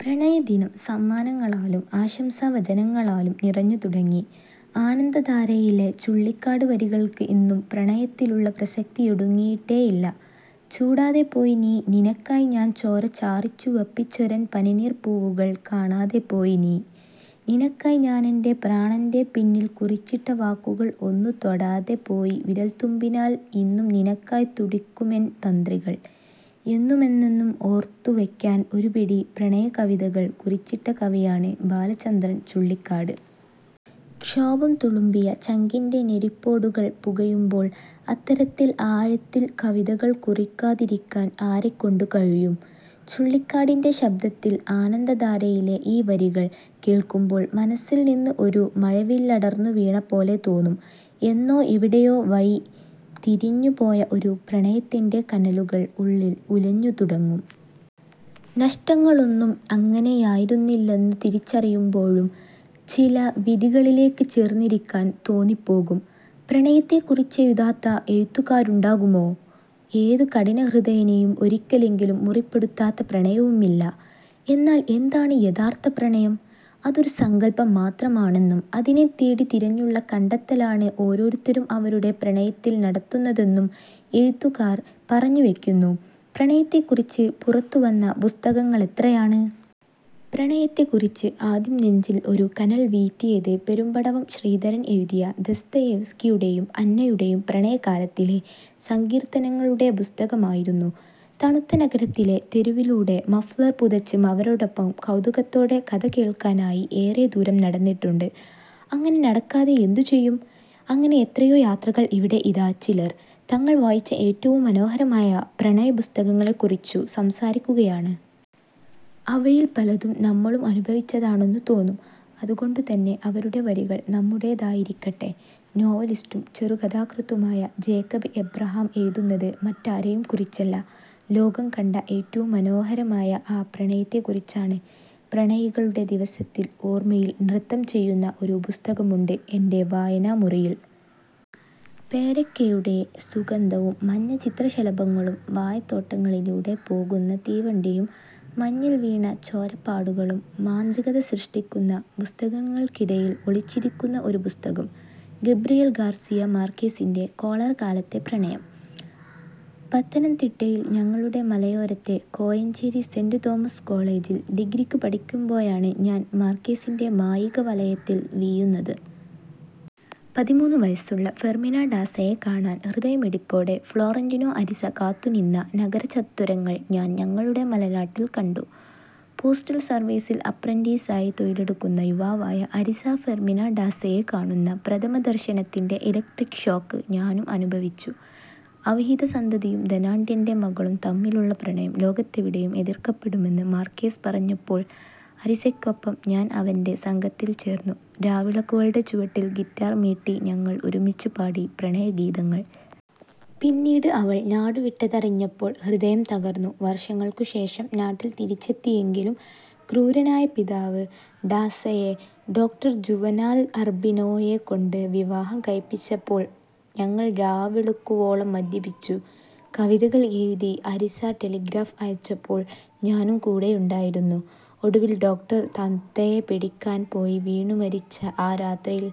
പ്രണയദിനം സമ്മാനങ്ങളാലും ആശംസാ വചനങ്ങളാലും നിറഞ്ഞു തുടങ്ങി. ആനന്ദധാരയിലെ ചുള്ളിക്കാട് വരികൾക്ക് ഇന്നും പ്രണയത്തിലുള്ള പ്രസക്തിയൊടുങ്ങിയിട്ടേയില്ല. '' ചൂടാതെ പോയ് നീ, നിനക്കായി ഞാൻ ചോര ചാറിച്ചുവപ്പിച്ചൊരെൻ പനിനീർ പൂവുകൾ കാണാതെ പോയ് നീ, നിനക്കായ് ഞാനെന്റെ പ്രാണന്റെ പിന്നിൽ കുറിച്ചിട്ട വാക്കുകൾ ഒന്നു തൊടാതെ പോയി വിരൽതുമ്പിനാൽ ഇന്നും നിനക്കായ് തുടിക്കുമെൻ തന്ത്രികൾ '' എന്നുമെന്നെന്നും ഓർത്തു വയ്ക്കാൻ ഒരുപിടി പ്രണയകവിതകൾ കുറിച്ചിട്ട കവിയാണ് ബാലചന്ദ്രൻ ചുള്ളിക്കാട്. ക്ഷോഭം തുളുമ്പിയ ചങ്കിന്റെ നെരിപ്പോടുകൾ പുകയുമ്പോൾ അത്തരത്തിൽ ആഴത്തിൽ കവിതകൾ കുറിക്കാതിരിക്കാൻ ആരെക്കൊണ്ടു കഴിയും? ചുള്ളിക്കാടിന്റെ ശബ്ദത്തിൽ ആനന്ദധാരയിലെ ഈ വരികൾ കേൾക്കുമ്പോൾ മനസ്സിൽനിന്ന് ഒരു മഴവില്ലടർന്നു വീണപോലെ തോന്നും. എന്നോ എവിടെയോ വഴി തിരിഞ്ഞു പോയ ഒരു പ്രണയത്തിന്റെ കനലുകൾ ഉള്ളിൽ ഉലഞ്ഞു തുടങ്ങും. നഷ്ടങ്ങളൊന്നും അങ്ങനെയായിരുന്നില്ലെന്നു തിരിച്ചറിയുമ്പോഴും ചില വിധികളിലേക്ക് ചേർന്നിരിക്കാൻ തോന്നിപ്പോകും. പ്രണയത്തെക്കുറിച്ചെഴുതാത്ത എഴുത്തുകാരുണ്ടാകുമോ? ഏതു കഠിനഹൃദയനെയും ഒരിക്കലെങ്കിലും മുറിപ്പെടുത്താത്ത പ്രണയവുമില്ല. എന്നാൽ എന്താണ് യഥാർഥ പ്രണയം? അതൊരു സങ്കൽപം മാത്രമാണെന്നും അതിനെ തേടി തിരഞ്ഞുള്ള കണ്ടെത്തലാണ് ഓരോരുത്തരും അവരുടെ പ്രണയത്തിൽ നടത്തുന്നതെന്നും എഴുത്തുകാർ പറഞ്ഞു വയ്ക്കുന്നു. പ്രണയത്തെക്കുറിച്ച് പുറത്തു വന്ന പുസ്തകങ്ങളെത്രയാണ്! പ്രണയത്തെക്കുറിച്ച് ആദ്യം നെഞ്ചിൽ ഒരു കനൽ വീഴ്ത്തിയത് പെരുമ്പടവം ശ്രീധരൻ എഴുതിയ ദസ്തയേവ്സ്കിയുടെയും അന്നയുടെയും പ്രണയകാലത്തിലെ സങ്കീർത്തനങ്ങളുടെ പുസ്തകമായിരുന്നു. തണുത്ത നഗരത്തിലെ തെരുവിലൂടെ മഫ്ളർ പുതച്ച് അവരോടൊപ്പം കൗതുകത്തോടെ കഥ കേൾക്കാനായി ഏറെ ദൂരം നടന്നിട്ടുണ്ട്. അങ്ങനെ നടക്കാതെയെന്തു ചെയ്യും? അങ്ങനെ എത്രയോ യാത്രകൾ ഇവിടെ ഇതാ ചിലർ, തങ്ങൾ വായിച്ച ഏറ്റവും മനോഹരമായ പ്രണയപുസ്തകങ്ങളെക്കുറിച്ചു സംസാരിക്കുകയാണ്. അവയിൽ പലതും നമ്മളും അനുഭവിച്ചതാണെന്നു തോന്നും. അതുകൊണ്ടുതന്നെ അവരുടെ വരികൾ നമ്മുടേതായിരിക്കട്ടെ! ∙ നോവലിസ്റ്റും ചെറുകഥാകൃത്തുമായ ജേക്കബ് എബ്രഹാം എഴുതുന്നത് മറ്റാരെയും കുറിച്ചല്ല, ലോകം കണ്ട ഏറ്റവും മനോഹരമായ ആ പ്രണയത്തെക്കുറിച്ചാണ്. ' പ്രണയികളുടെ ദിവസത്തിൽ, ഓർമയിൽ നൃത്തം ചെയ്യുന്ന ഒരു പുസ്തകമുണ്ട് എന്റെ വായനാമുറിയിൽ. പേരയ്ക്കയുടെ സുഗന്ധവും മഞ്ഞ ചിത്രശലഭങ്ങളും വാഴത്തോട്ടങ്ങളിലൂടെ പോകുന്ന തീവണ്ടിയും മഞ്ഞിൽ വീണ ചോരപ്പാടുകളും മാന്ത്രികത സൃഷ്ടിക്കുന്ന, പുസ്തകങ്ങൾക്കിടയിൽ ഒളിച്ചിരിക്കുന്ന ഒരു പുസ്തകം. ഗബ്രിയേൽ ഗാർസിയ മാർകേസിന്റെ കോളറ കാലത്തെ പ്രണയം. പത്തനംതിട്ടയിൽ ഞങ്ങളുടെ മലയോരത്തെ കോഴഞ്ചേരി സെന്റ് തോമസ് കോളജിൽ ഡിഗ്രിയ്ക്കു പഠിയ്ക്കുമ്പോഴാണ് ഞാൻ മാർകേസിന്റെ മായിക വലയത്തിൽ വീഴുന്നത്. പതിമൂന്ന് വയസ്സുള്ള ഫെർമിന ഡാസയെ കാണാൻ ഹൃദയമിടിപ്പോടെ ഫ്ലോറന്റിനോ അരിസ കാത്തു നിന്ന നഗരചത്വരങ്ങൾ ഞാൻ ഞങ്ങളുടെ മലനാട്ടിൽ കണ്ടു. പോസ്റ്റൽ സർവീസിൽ അപ്രന്റീസായി തൊഴിലെടുക്കുന്ന യുവാവായ അരിസ ഫെർമിന ഡാസയെ കാണുന്ന പ്രഥമ ദർശനത്തിന്റെ ഇലക്ട്രിക് ഷോക്ക് ഞാനും അനുഭവിച്ചു. അവിഹിത സന്തതിയും ധനാഢ്യന്റെ മകളും തമ്മിലുള്ള പ്രണയം ലോകത്തെവിടെയും എതിർക്കപ്പെടുമെന്ന് മാർകേസ് പറഞ്ഞപ്പോൾ അരിസയ്ക്കൊപ്പം ഞാൻ അവന്റെ സംഘത്തിൽ ചേർന്നു രാവിളക്കുകളുടെ ചുവട്ടിൽ ഗിറ്റാർ മീട്ടി ഞങ്ങൾ ഒരുമിച്ചു പാടി പ്രണയഗീതകങ്ങൾ. പിന്നീട് അവൾ നാടുവിട്ടതറിഞ്ഞപ്പോൾ ഹൃദയം തകർന്നു. വർഷങ്ങൾക്കു ശേഷം നാട്ടിൽ തിരിച്ചെത്തിയെങ്കിലും ക്രൂരനായ പിതാവ് ഡാസയെ ഡോ. ജുവനാൽ അർബിനോയെക്കൊണ്ട് വിവാഹം കഴിപ്പിച്ചപ്പോൾ ഞങ്ങൾ രാവെളുക്കുവോളം മദ്യപിച്ചു. കവിതകൾ എഴുതി അരിസ ടെലിഗ്രാഫ് അയച്ചപ്പോൾ ഞാനും കൂടെയുണ്ടായിരുന്നു. ഒടുവിൽ ഡോക്ടർ തത്തയെ പിടിക്കാൻ പോയി വീണു മരിച്ച ആ രാത്രിയിൽ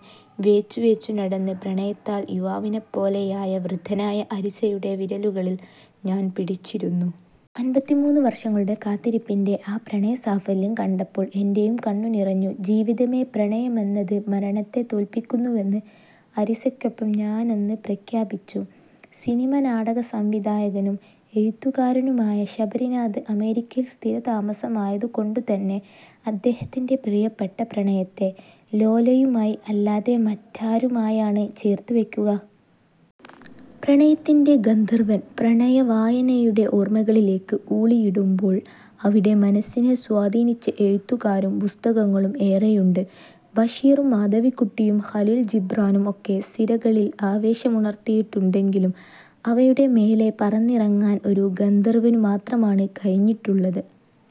വേച്ചു വേച്ചു നടന്ന് പ്രണയത്താൽ യുവാവിനെപ്പോലെയായ വൃദ്ധനായ അരിസയുടെ വിരലുകളിൽ ഞാൻ പിടിച്ചിരുന്നു. അൻപത്തിമൂന്ന് വർഷങ്ങളുടെ കാത്തിരിപ്പിന്റെ ആ പ്രണയ സാഫല്യം കണ്ടപ്പോൾ എന്റെയും കണ്ണു നിറഞ്ഞു ജീവിതമേ പ്രണയമെന്നത് മരണത്തെ തോൽപ്പിക്കുന്നുവെന്ന് അരിസയ്ക്കൊപ്പം ഞാനന്ന് പ്രഖ്യാപിച്ചു '.∙ സിനിമ- നാടക സംവിധായകനും എഴുത്തുകാരനുമായ ശബരിനാഥ് അമേരിക്കയിൽ സ്ഥിര താമസമായതുകൊണ്ടു തന്നെ അദ്ദേഹത്തിന്റെ പ്രിയപ്പെട്ട പ്രണയത്തെ ലോലയുമായി അല്ലാതെ മറ്റാരുമായാണ് ചേർത്ത് വയ്ക്കുക? ' പ്രണയത്തിന്റെ ഗന്ധർവൻ പ്രണയവായനയുടെ ഓർമകളിലേക്ക് ഊളിയിടുമ്പോൾ അവിടെ മനസ്സിനെ സ്വാധീനിച്ച എഴുത്തുകാരും പുസ്തകങ്ങളും ഏറെയുണ്ട്. ബഷീറും മാധവിക്കുട്ടിയും ഖലീൽ ജിബ്രാനും ഒക്കെ സിരകളിൽ ആവേശമുണർത്തിയിട്ടുണ്ടെങ്കിലും അവയുടെ മേലേ പറന്നിറങ്ങാൻ ഒരു ഗന്ധർവനു മാത്രമാണ് കഴിഞ്ഞിട്ടുള്ളത്.